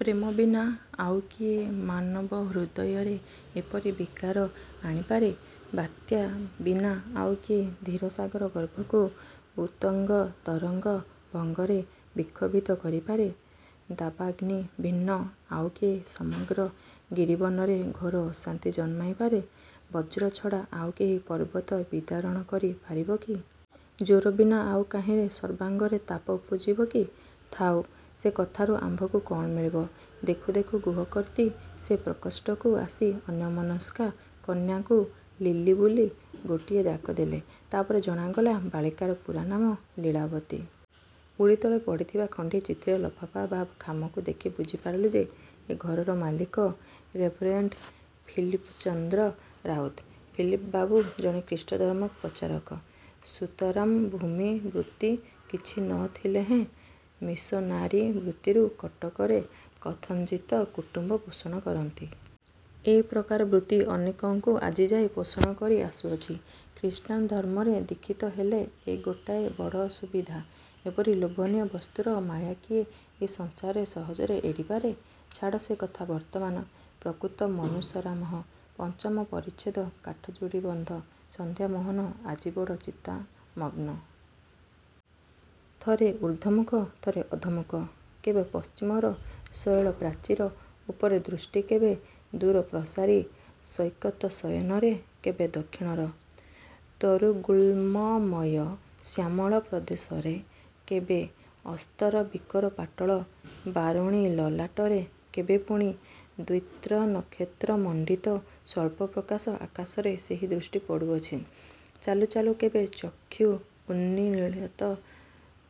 ପ୍ରେମ ବିନା ଆଉ କିଏ ମାନବହୃଦୟରେ ଏପରି ବିକାର ଆଣି ପାରେ? ବାତ୍ୟା ବିନା ଆଉ କିଏ ଧୀର ସାଗର ଗର୍ଭକୁ ଉତ୍ତୁଙ୍ଗତରଙ୍ଗଭଙ୍ଗରେ ବିକ୍ଷୋଭିତ କରି ପାରେ? ଦାବାଗ୍ନି ଭିନ୍ନ ଆଉ କିଏ ସମଗ୍ର ଗିରିବନରେ ଘୋର ଅଶାନ୍ତି ଜନ୍ମାଇ ପାରେ? ବଜ୍ର ଛଡ଼ା ଆଉ କେହି ପର୍ବତ ବିଦାରଣ କରି ପାରିବ କି? ଜ୍ୱର ବିନା ଆଉ କାହିଁରେ ସର୍ବାଙ୍ଗରେ ତାପ ଉପୁଜିବ କି? ଥାଉ, ସେ କଥାରୁ ଆମ୍ଭଙ୍କୁ କଣ ମିଳିବ? ଦେଖୁ ଦେଖୁ ଗୃହକର୍ତ୍ତ୍ରୀ ସେ ପ୍ରକୋଷ୍ଠକୁ ଆସି ଅନ୍ୟମନସ୍କା କନ୍ୟାକୁ 'ଲିଲି' ବୋଲି ଗୋଟିଏ ଡାକ ଦେଲେ। ପରେ ଜଣାଗଲା, ବାଳିକାର ପୂରା ନାମ 'ଲୀଳାବତୀ'। ଓଳିତଳେ ପଡ଼ିଥିବା ଖଣ୍ଡିଏ ଚିଠିର ଲଫାପା ବା ଖାମକୁ ଦେଖି ବୁଝି ପାରିଲୁଁ ଯେ, ଏ ଘରର ମାଲିକ ରେଭରେଣ୍ଡ ଫିଲିପଚନ୍ଦ୍ର ରାଉତ। ଫିଲପ ବାବୁ ଜଣେ ଖ୍ରୀଷ୍ଟଧର୍ମ ପ୍ରଚାରକ। ସୁତରାଂ ଭୂମିବୃତ୍ତି କିଛି ନ ଥିଲେହେଁ ମିଶନାରୀ ବୃତ୍ତିରୁ କଟକରେ କଥଞ୍ଚିତ୍ କୁଟୁମ୍ୱ ପୋଷଣ କରନ୍ତି। ଏପ୍ରକାର ବୃତ୍ତି ଅନେକଙ୍କୁ ଆଜିଯାଏ ପୋଷଣ କରି ଆସୁଅଛି। ଖ୍ରୀଷ୍ଟାନଧର୍ମରେ ଦୀକ୍ଷିତ ହେଲେ ଏ ଗୋଟାଏ ବଡ଼ ସୁବିଧା! ଏପରି ଲୋଭନୀୟ ବସ୍ତୁର ମାୟା କିଏ ଏ ସଂସାରରେ ସହଜରେ ଏଡ଼ିପାରେ? ଛାଡ଼ ସେ କଥା ବର୍ତ୍ତମାନ 'ପ୍ରକୃତମନୁସରାମଃ'। ପଞ୍ଚମ ପରିଚ୍ଛେଦ କାଠଯୋଡ଼ୀବନ୍ଧ ସନ୍ଧ୍ୟା ମୋହନ ଆଜି ବଡ଼ ଚିନ୍ତାମଗ୍ନ। ଥରେ ଉର୍ଦ୍ଧ୍ୱମୁଖ, ଥରେ ଅଧୋମୁଖ। କେବେ ପଶ୍ଚିମର ଶୈଳପ୍ରାଚୀର ଉପରେ ଦୃଷ୍ଟି -କେବେ ଦୂରପ୍ରସାରି-ସୈକତଶୟନରେ କେବେ ଦକ୍ଷିଣର ତରୁଗୁଳ୍ମମୟ ଶ୍ୟାମଳ ପ୍ରଦେଶରେ କେବେ ଅସ୍ତରବିକରପାଟଳ ବାରୁଣୀଲଲାଟରେ କେବେ ପୁଣି ଦ୍ୱିତ୍ରନକ୍ଷତ୍ରମଣ୍ଡିତ ସ୍ୱଳ୍ପ ପ୍ରକାଶ ଆକାଶରେ ସେହି ଦୃଷ୍ଟି ପଡୁଅଛି। ଚାଲୁ ଚାଲୁ କେବେ ଚକ୍ଷୁ ଉନ୍ମୀଳିତ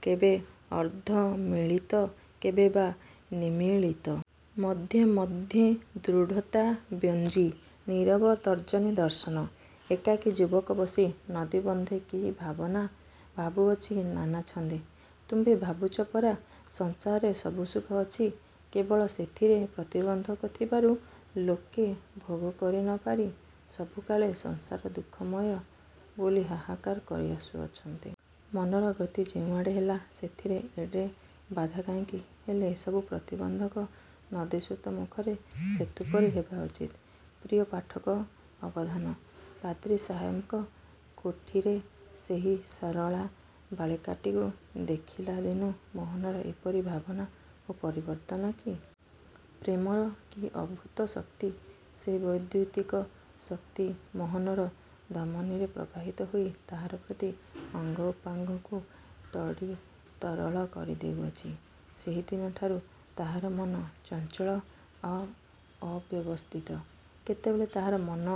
କେବେ ଅର୍ଦ୍ଧମୀଳିତ କେବେ ବା ନିମୀଳିତ। ମଧ୍ୟେ ମଧ୍ୟେ ଦୃଢ଼ତାବ୍ୟଞ୍ଜୀ ନୀରବ ତର୍ଜନୀ ଦର୍ଶନ! ଏକାକୀ ଯୁବକ ବସି ନଦୀ ବନ୍ଧେ କି ଭାବନା ଭାବୁଅଛି ନାନାଛନ୍ଦେ! ତୁମ୍ଭେ ଭାବୁଛ ପରା ସଂସାରରେ ସବୁ ସୁଖ ଅଛି। କେବଳ ସେଥିରେ ପ୍ରତିବନ୍ଧକ ଥିବାରୁ ଲୋକେ ଭୋଗ କରି ନ ପାରି ସବୁକାଳେ 'ସଂସାର ଦୁଃଖମୟ' ବୋଲି ହାହାକାର କରିଆସୁଅଛନ୍ତି। ମନର ଗତି ଯେଉଁଆଡ଼େ ହେଲା, ସେଥିରେ ଏଡ଼େ ବାଧା କାହିଁକି? ହେଲେ ଏସବୁ ପ୍ରତିବନ୍ଧକ ନଦୀସ୍ରୋତମୁଖରେ ସେତୁ ପରି ହେବା ଉଚିତ। ପ୍ରିୟ ପାଠକ ଅବଧାନ! ପାଦ୍ରି ସାହେବଙ୍କ କୋଠିରେ ସେହି ସରଳା ବାଳିକାଟିକୁ ଦେଖିଲା ଦିନୁ ମୋହନର ଏପରି ଭାବନା ଓ ପରିବର୍ତ୍ତନ କି? ପ୍ରେମର କି ଅଦ୍ଭୁତ ଶକ୍ତି! ସେହି ବୈଦ୍ୟୁତିକ ଶକ୍ତି ମୋହନର ଧମନୀରେ ପ୍ରବାହିତ ହୋଇ ତାହାର ପ୍ରତି ଅଙ୍ଗ ଉପାଙ୍ଗକୁ ତଡ଼ିତ୍ତରଳ କରିଦେଉଅଛି। ସେହିଦିନଠାରୁ ତାହାର ମନ ଚଞ୍ଚଳ ଆଉ ଅବ୍ୟବସ୍ଥିତ। କେତେବେଳେ ତାହାର ମନ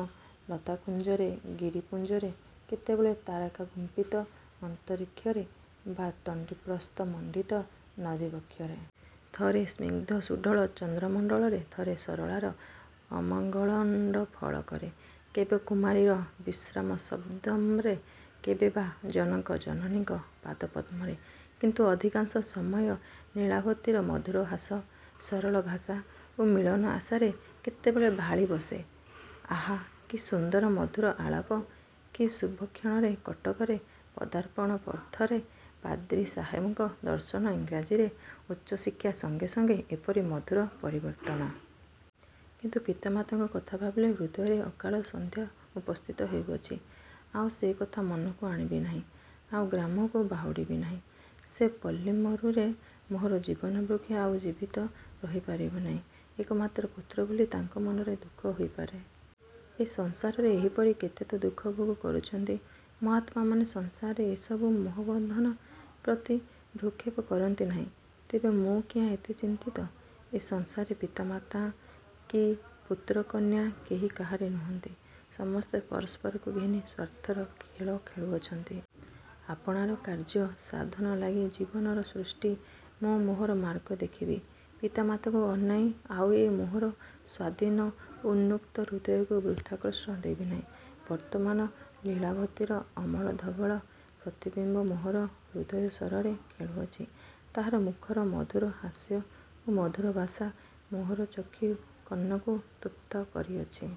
ଲତାକୁଞ୍ଜରେ-ଗିରିପୁଞ୍ଜରେ, କେତେବେଳେ ତାରକାଗୁମ୍ପିତ ଅନ୍ତରୀକ୍ଷରେ ବା ତଣ୍ଡିପ୍ରସ୍ଥମଣ୍ଡିତ ନଦୀବକ୍ଷରେ। ଥରେ ସ୍ନିଗ୍ଧ ସୁଢଳ ଚନ୍ଦ୍ରମଣ୍ଡଳରେ ଥରେ ସରଳାର ଅମଳଗଣ୍ଡଫଳକରେ। କେବେ କୁମାରୀର ବିଶ୍ରାମସଦ୍ମରେ, କେବେ ବା ଜନକ-ଜନନୀଙ୍କ ପାଦପଦ୍ମରେ। କିନ୍ତୁ ଅଧିକାଂଶ ସମୟ ଲୀଳାବତୀର ମଧୁର ହାସ, ସରସଭାଷା ଓ ମିଳନ ଆଶାରେ। କେତେବେଳେ ଭାଳି ବସେ, ''ଆହା! କି ସୁନ୍ଦର ମଧୁର ଆଳାପ! କି ଶୁଭକ୍ଷଣରେ କଟକରେ ପଦାର୍ପଣ-ପଥରେ ପାଦ୍ରୀ ସାହେବଙ୍କ ଦର୍ଶନ ଇଂରାଜୀରେ ଉଚ୍ଚ ଶିକ୍ଷା ସଙ୍ଗେ ସଙ୍ଗେ ଏପରି ମଧୁର ପରିବର୍ତ୍ତନ। କିନ୍ତୁ ପିତା ମାତାଙ୍କ କଥା ଭାବିଲେ ହୃଦୟରେ ଅକାଳ ସନ୍ଧ୍ୟା ଉପସ୍ଥିତ ହେଉଅଛି! ଆଉ ସେ କଥା ମନକୁ ଆଣିବି ନାହିଁ ଆଉ ଗ୍ରାମକୁ ବାହୁଡ଼ିବି ନାହିଁ। ସେ ପଲ୍ଲୀମରୁରେ ମୋହର ଜୀବନବୃକ୍ଷ ଆଉ ଜୀବିତ ରହିପାରିବ ନାହିଁ। ଏକମାତ୍ର ପୁତ୍ର ବୋଲି ତାଙ୍କ ମନରେ ଦୁଃଖ ହୋଇପାରେ। ଏ ସଂସାରରେ ଏହିପରି କେତେ ତ ଦୁଃଖ ଭୋଗ କରୁଛନ୍ତି। ମହାତ୍ମାମାନେ ସଂସାରରେ ଏ ସବୁ ମୋହବନ୍ଧନ ପ୍ରତି ଭ୍ରୂକ୍ଷେପ କରନ୍ତି ନାହିଁ। ତେବେ ମୁଁ କିଆଁ ଏତେ ଚିନ୍ତିତ? ଏ ସଂସାରରେ ପିତାମାତା କି ପୁତ୍ରକନ୍ୟା କେହି କାହାରି ନୁହଁନ୍ତି। ସମସ୍ତେ ପରସ୍ପରକୁ ଘେନି ସ୍ୱାର୍ଥର ଖେଳ ଖେଳୁଅଛନ୍ତି। ଆପଣାର କାର୍ଯ୍ୟ ସାଧନଲାଗି ଜୀବର ସୃଷ୍ଟି। ମୁଁ ମୋହର ମାର୍ଗ ଦେଖିବି! ପିତା ମାତାଙ୍କୁ ଅନାଇ ଆଉ ଏ ମୋହର ସ୍ୱାଧୀନ ଉନ୍ମୁକ୍ତ ହୃଦୟକୁ ବୃଥା କଷ୍ଟ ଦେବି ନାହିଁ। ବର୍ତ୍ତମାନ ଲୀଳାବତୀର ଅମଳ ଧବଳ ପ୍ରତିବିମ୍ୱ ମୋହର ହୃଦୟ-ସରରେ ଖେଳୁଅଛି। ତାହାର ମୁଖର ମଧୁର ହାସ୍ୟ ଓ ମଧୁର ଭାଷା ମୋହର ଚକ୍ଷୁ କର୍ଣ୍ଣକୁ ତୃପ୍ତ କରିଅଛି।